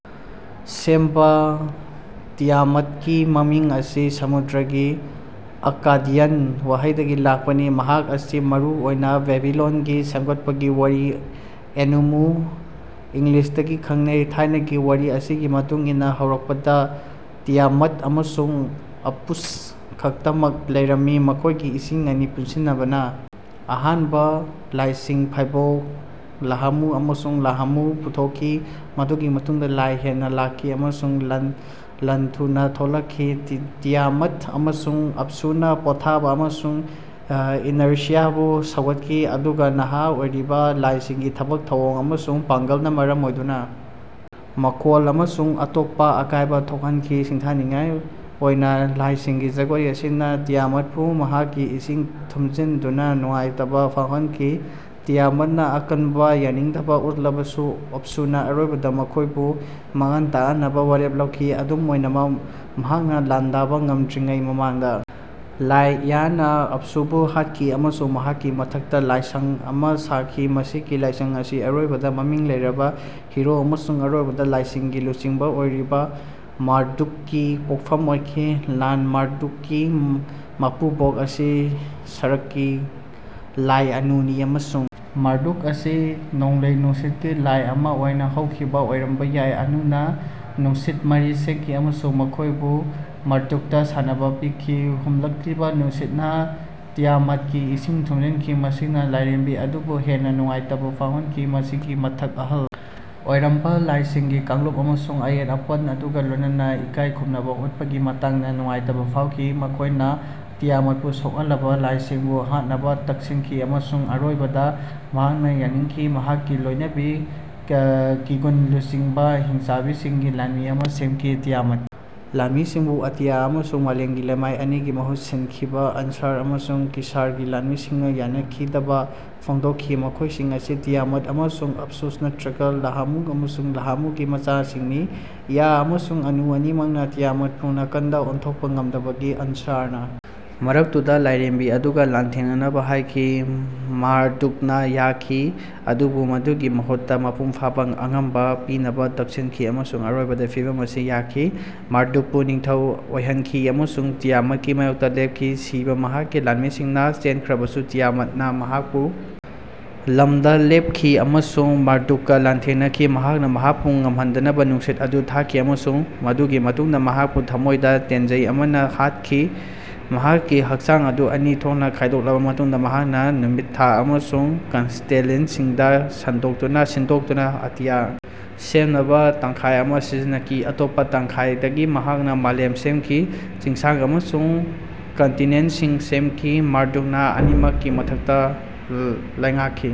ꯁꯦꯝꯕ ꯇꯤꯌꯥꯃꯠꯀꯤ ꯃꯃꯤꯡ ꯑꯁꯤ ꯁꯃꯨꯗ꯭ꯔꯒꯤ ꯑꯛꯀꯥꯗꯤꯌꯟ ꯋꯥꯍꯩꯗꯒꯤ ꯂꯥꯛꯄꯅꯤ꯫ ꯃꯍꯥꯛ ꯑꯁꯤ ꯃꯔꯨ ꯑꯣꯏꯅ ꯕꯦꯕꯤꯂꯣꯟꯒꯤ ꯁꯦꯝꯒꯠꯄꯒꯤ ꯋꯥꯔꯤ ꯑꯦꯅꯨꯃꯥ ꯏꯂꯤꯁꯇꯒꯤ ꯈꯪꯅꯩ꯫ ꯊꯥꯏꯅꯒꯤ ꯋꯥꯔꯤ ꯑꯁꯤꯒꯤ ꯃꯇꯨꯡ ꯏꯟꯅ ꯍꯧꯔꯛꯄꯗ ꯇꯤꯌꯥꯃꯠ ꯑꯃꯁꯨꯡ ꯑꯞꯁꯨ ꯈꯛꯇꯃꯛ ꯂꯩꯔꯝꯃꯤ ꯃꯈꯣꯏꯒꯤ ꯏꯁꯤꯡ ꯑꯅꯤ ꯄꯨꯟꯁꯤꯟꯅꯕꯅ ꯑꯍꯥꯟꯕ ꯂꯥꯏꯁꯤꯡ ꯐꯥꯏꯕꯣꯛ ꯂꯥꯍꯃꯨ ꯑꯃꯁꯨꯡ ꯂꯥꯍꯥꯃꯨ ꯄꯨꯊꯣꯛꯈꯤ꯫ ꯃꯗꯨꯒꯤ ꯃꯇꯨꯡꯗ ꯂꯥꯏ ꯍꯦꯟꯅ ꯂꯥꯛꯈꯤ ꯑꯃꯁꯨꯡ ꯂꯥꯟ ꯊꯨꯅ ꯊꯣꯛꯂꯛꯈꯤ꯫ ꯇꯤꯌꯥꯃꯠ ꯑꯃꯁꯨꯡ ꯑꯞꯁꯨꯅ ꯄꯣꯊꯥꯕ ꯑꯃꯁꯨꯡ ꯏꯅꯔꯁꯤꯌꯥꯕꯨ ꯁꯧꯒꯠꯈꯤ ꯑꯗꯨꯒ ꯅꯍꯥ ꯑꯣꯏꯔꯤꯕ ꯂꯥꯏꯁꯤꯡꯒꯤ ꯊꯕꯛ ꯊꯧꯑꯣꯡ ꯑꯃꯁꯨꯡ ꯄꯥꯡꯒꯜꯅ ꯃꯔꯝ ꯑꯣꯏꯗꯨꯅ ꯃꯈꯣꯜ ꯑꯃꯁꯨꯡ ꯑꯇꯣꯞꯄ ꯑꯀꯥꯏꯕ ꯊꯣꯛꯍꯟꯈꯤ꯫ ꯁꯤꯡꯊꯥꯅꯤꯡꯉꯥꯏ ꯑꯣꯏꯅ ꯂꯥꯏꯁꯤꯡꯒꯤ ꯖꯒꯣꯏ ꯑꯁꯤꯅ ꯇꯤꯌꯥꯃꯠꯄꯨ ꯃꯍꯥꯛꯀꯤ ꯏꯁꯤꯡ ꯊꯨꯝꯖꯤꯟꯗꯨꯅ ꯅꯨꯡꯉꯥꯏꯇꯕ ꯐꯥꯎꯍꯟꯈꯤ꯫ ꯇꯤꯌꯥꯃꯠꯅ ꯑꯀꯟꯕ ꯌꯥꯅꯤꯡꯗꯕ ꯎꯠꯂꯕꯁꯨ ꯑꯞꯁꯨꯅ ꯑꯔꯣꯏꯕꯗ ꯃꯈꯣꯏꯕꯨ ꯃꯥꯡꯍꯟ ꯇꯥꯛꯍꯟꯅꯕ ꯋꯥꯔꯦꯞ ꯂꯧꯈꯤ꯫ ꯑꯗꯨꯝ ꯑꯣꯏꯅꯃꯛ ꯃꯍꯥꯛꯅ ꯂꯥꯟꯗꯥꯕ ꯉꯝꯗ꯭ꯔꯤꯉꯩ ꯃꯃꯥꯡꯗ ꯂꯥꯏ ꯏꯌꯥꯅ ꯑꯞꯁꯨꯕꯨ ꯍꯥꯠꯈꯤ ꯑꯃꯁꯨꯡ ꯃꯍꯥꯛꯀꯤ ꯃꯊꯛꯇ ꯂꯥꯏꯁꯪ ꯑꯃ ꯁꯥꯈꯤ꯫ ꯃꯁꯤꯒꯤ ꯂꯥꯏꯁꯪ ꯑꯁꯤ ꯑꯔꯣꯏꯕꯗ ꯃꯃꯤꯡ ꯂꯩꯔꯕ ꯍꯤꯔꯣ ꯑꯃꯁꯨꯡ ꯑꯔꯣꯏꯕꯗ ꯂꯥꯏꯁꯤꯡꯒꯤ ꯂꯨꯆꯤꯡꯕ ꯑꯣꯏꯔꯤꯕ ꯃꯥꯔꯗꯨꯛꯀꯤ ꯄꯣꯛꯐꯝ ꯑꯣꯏꯈꯤ꯫ ꯂꯥꯟ ꯃꯥꯔꯗꯨꯛꯀꯤ ꯃꯄꯨꯕꯣꯛ ꯑꯁꯤ ꯁꯔꯒꯀꯤ ꯂꯥꯏ ꯑꯅꯨꯅꯤ ꯑꯃꯁꯨꯡ ꯃꯥꯔꯗꯨꯛ ꯑꯁꯤ ꯅꯣꯡꯂꯩ ꯅꯨꯡꯁꯤꯠꯀꯤ ꯂꯥꯏ ꯑꯃ ꯑꯣꯏꯅ ꯍꯧꯈꯤꯕ ꯑꯣꯏꯔꯝꯕ ꯌꯥꯏ꯫ ꯑꯅꯨꯅ ꯅꯨꯡꯁꯤꯠ ꯃꯔꯤ ꯁꯦꯝꯈꯤ ꯑꯃꯁꯨꯡ ꯃꯈꯣꯏꯕꯨ ꯃꯥꯔꯗꯨꯛꯇ ꯁꯥꯟꯅꯅꯕ ꯄꯤꯈꯤ꯫ ꯍꯨꯝꯂꯛꯂꯤꯕ ꯅꯨꯡꯁꯤꯠꯅ ꯇꯤꯌꯥꯃꯠꯀꯤ ꯏꯁꯤꯡ ꯊꯨꯝꯖꯤꯟꯈꯤ ꯃꯁꯤꯅ ꯂꯥꯏꯔꯦꯝꯕꯤ ꯑꯗꯨꯕꯨ ꯍꯦꯟꯅ ꯅꯨꯡꯉꯥꯏꯇꯕ ꯐꯥꯎꯍꯟꯈꯤ꯫ ꯃꯁꯤꯒꯤ ꯃꯊꯛ ꯑꯍꯜ ꯑꯣꯏꯔꯕ ꯂꯥꯏꯁꯤꯡꯒꯤ ꯀꯥꯡꯂꯨꯞ ꯑꯃꯁꯨ ꯑꯌꯦꯠ ꯑꯄꯟ ꯑꯗꯨꯒ ꯂꯣꯏꯅꯅ ꯏꯀꯥꯏ ꯈꯨꯝꯅꯕ ꯎꯠꯄꯒꯤ ꯃꯇꯥꯡꯗ ꯅꯨꯡꯉꯥꯏꯇꯕ ꯐꯥꯎꯈꯤ꯫ ꯃꯈꯣꯏꯅ ꯇꯤꯌꯥꯃꯠꯄꯨ ꯁꯣꯛꯍꯜꯂꯕ ꯂꯥꯏꯁꯤꯡꯕꯨ ꯍꯥꯠꯅꯕ ꯇꯛꯁꯤꯟꯈꯤ ꯑꯃꯁꯨꯡ ꯑꯔꯣꯏꯕꯗ ꯃꯍꯥꯛꯅ ꯌꯥꯅꯤꯡꯈꯤ ꯃꯍꯥꯛꯀꯤ ꯂꯣꯏꯅꯕꯤ ꯀꯤꯡꯒꯨꯅ ꯂꯨꯆꯤꯡꯕ ꯍꯤꯡꯆꯥꯕꯁꯤꯡꯒꯤ ꯂꯥꯟꯃꯤ ꯑꯃ ꯁꯦꯝꯈꯤ꯫ ꯇꯤꯌꯥꯃꯠꯀꯤ ꯂꯥꯟꯃꯤꯁꯤꯡꯕꯨ ꯑꯇꯤꯌꯥ ꯑꯃꯁꯨꯡ ꯃꯥꯂꯦꯝꯒꯤ ꯂꯩꯃꯥꯏ ꯑꯅꯤꯒꯤ ꯃꯍꯨꯠ ꯁꯤꯟꯈꯤꯕ ꯑꯟꯁꯥꯔ ꯑꯃꯁꯨꯡ ꯀꯤꯁꯥꯔꯒꯤ ꯂꯥꯟꯃꯤꯁꯤꯡꯅ ꯌꯥꯅꯤꯡꯗꯕ ꯐꯣꯡꯗꯣꯛꯈꯤ꯫ ꯃꯈꯣꯏꯁꯤꯡ ꯑꯁꯤ ꯇꯤꯌꯥꯃꯠ ꯑꯃꯁꯨꯡ ꯑꯞꯁꯨ ꯅꯠꯇ꯭ꯔꯒ ꯂꯥꯍꯃꯨ ꯑꯃꯁꯨꯡ ꯂꯥꯍꯥꯃꯨꯒꯤ ꯃꯆꯥꯁꯤꯡꯅꯤ꯫ ꯏꯌꯥ ꯑꯃꯁꯨꯡ ꯑꯅꯨ ꯑꯅꯤꯃꯛꯅ ꯇꯤꯌꯥꯃꯠꯄꯨ ꯅꯥꯀꯟꯗ ꯑꯣꯟꯊꯣꯛꯄ ꯉꯝꯗꯕꯗꯒꯤ ꯑꯟꯁꯥꯔꯅ ꯃꯥꯔꯗꯨꯛꯇ ꯂꯥꯏꯔꯦꯝꯕꯤ ꯑꯗꯨꯒ ꯂꯥꯟꯊꯦꯡꯅꯅꯕ ꯍꯥꯏꯈꯤ꯫ ꯃꯥꯔꯗꯨꯛꯅ ꯌꯥꯈꯤ ꯑꯗꯨꯕꯨ ꯃꯗꯨꯒꯤ ꯃꯍꯨꯠꯇ ꯃꯄꯨꯡ ꯐꯥꯕ ꯑꯉꯝꯕ ꯄꯤꯅꯕ ꯇꯛꯁꯤꯟꯈꯤ ꯑꯃꯁꯨꯡ ꯑꯔꯣꯏꯕꯗ ꯐꯤꯚꯝ ꯑꯁꯤ ꯌꯥꯈꯤ꯫ ꯃꯥꯔꯗꯨꯛꯄꯨ ꯅꯤꯡꯊꯧ ꯑꯣꯏꯍꯟꯈꯤ ꯑꯃꯁꯨꯡ ꯇꯤꯌꯥꯃꯠꯀꯤ ꯃꯥꯌꯣꯛꯇ ꯂꯦꯞꯈꯤ꯫ ꯁꯤꯕ ꯃꯍꯥꯛꯀꯤ ꯂꯥꯟꯃꯤꯁꯤꯡꯅ ꯆꯦꯟꯈ꯭ꯔꯕꯁꯨ ꯇꯤꯌꯥꯃꯠꯅ ꯃꯍꯥꯛꯀꯤ ꯂꯝꯗ ꯂꯦꯞꯈꯤ ꯑꯃꯁꯨꯡ ꯃꯥꯔꯗꯨꯛꯀ ꯂꯥꯟꯊꯦꯡꯅꯈꯤ꯫ ꯃꯍꯥꯛꯅ ꯃꯍꯥꯛꯄꯨ ꯉꯝꯍꯟꯗꯅꯕ ꯅꯨꯡꯁꯤꯠ ꯑꯗꯨ ꯊꯥꯈꯤ ꯑꯃꯁꯨꯡ ꯃꯗꯨꯒꯤ ꯃꯇꯨꯡꯗ ꯃꯍꯥꯛꯄꯨ ꯊꯃꯣꯏꯗ ꯇꯦꯟꯖꯩ ꯑꯃꯅ ꯍꯥꯠꯈꯤ꯫ ꯃꯍꯥꯛꯀꯤ ꯍꯛꯆꯥꯡ ꯑꯗꯨ ꯑꯅꯤ ꯊꯣꯛꯅ ꯈꯥꯏꯗꯣꯛꯂꯕ ꯃꯇꯨꯡꯗ ꯃꯍꯥꯛꯅ ꯅꯨꯃꯤꯠ ꯊꯥ ꯑꯃꯁꯨꯡ ꯀꯟꯁꯇꯦꯂꯦꯁꯟꯁꯤꯡ ꯁꯤꯟꯗꯣꯛꯇꯨꯅ ꯑꯇꯤꯌꯥ ꯁꯦꯝꯅꯕ ꯇꯪꯈꯥꯏ ꯑꯃ ꯁꯤꯖꯤꯟꯅꯈꯤ꯫ ꯑꯇꯣꯞꯄ ꯇꯪꯈꯥꯏꯗꯒꯤ ꯃꯍꯥꯛꯅ ꯃꯥꯂꯦꯝ ꯁꯦꯝꯈꯤ ꯆꯤꯡꯁꯤꯡ ꯑꯃꯁꯨꯡ ꯀꯟꯇꯤꯅꯦꯟꯠꯁꯤꯡ ꯁꯦꯝꯈꯤ꯫ ꯃꯥꯔꯗꯨꯛꯅ ꯑꯅꯤꯃꯛꯀꯤ ꯃꯊꯛꯇ ꯂꯩꯉꯥꯛꯈꯤ꯫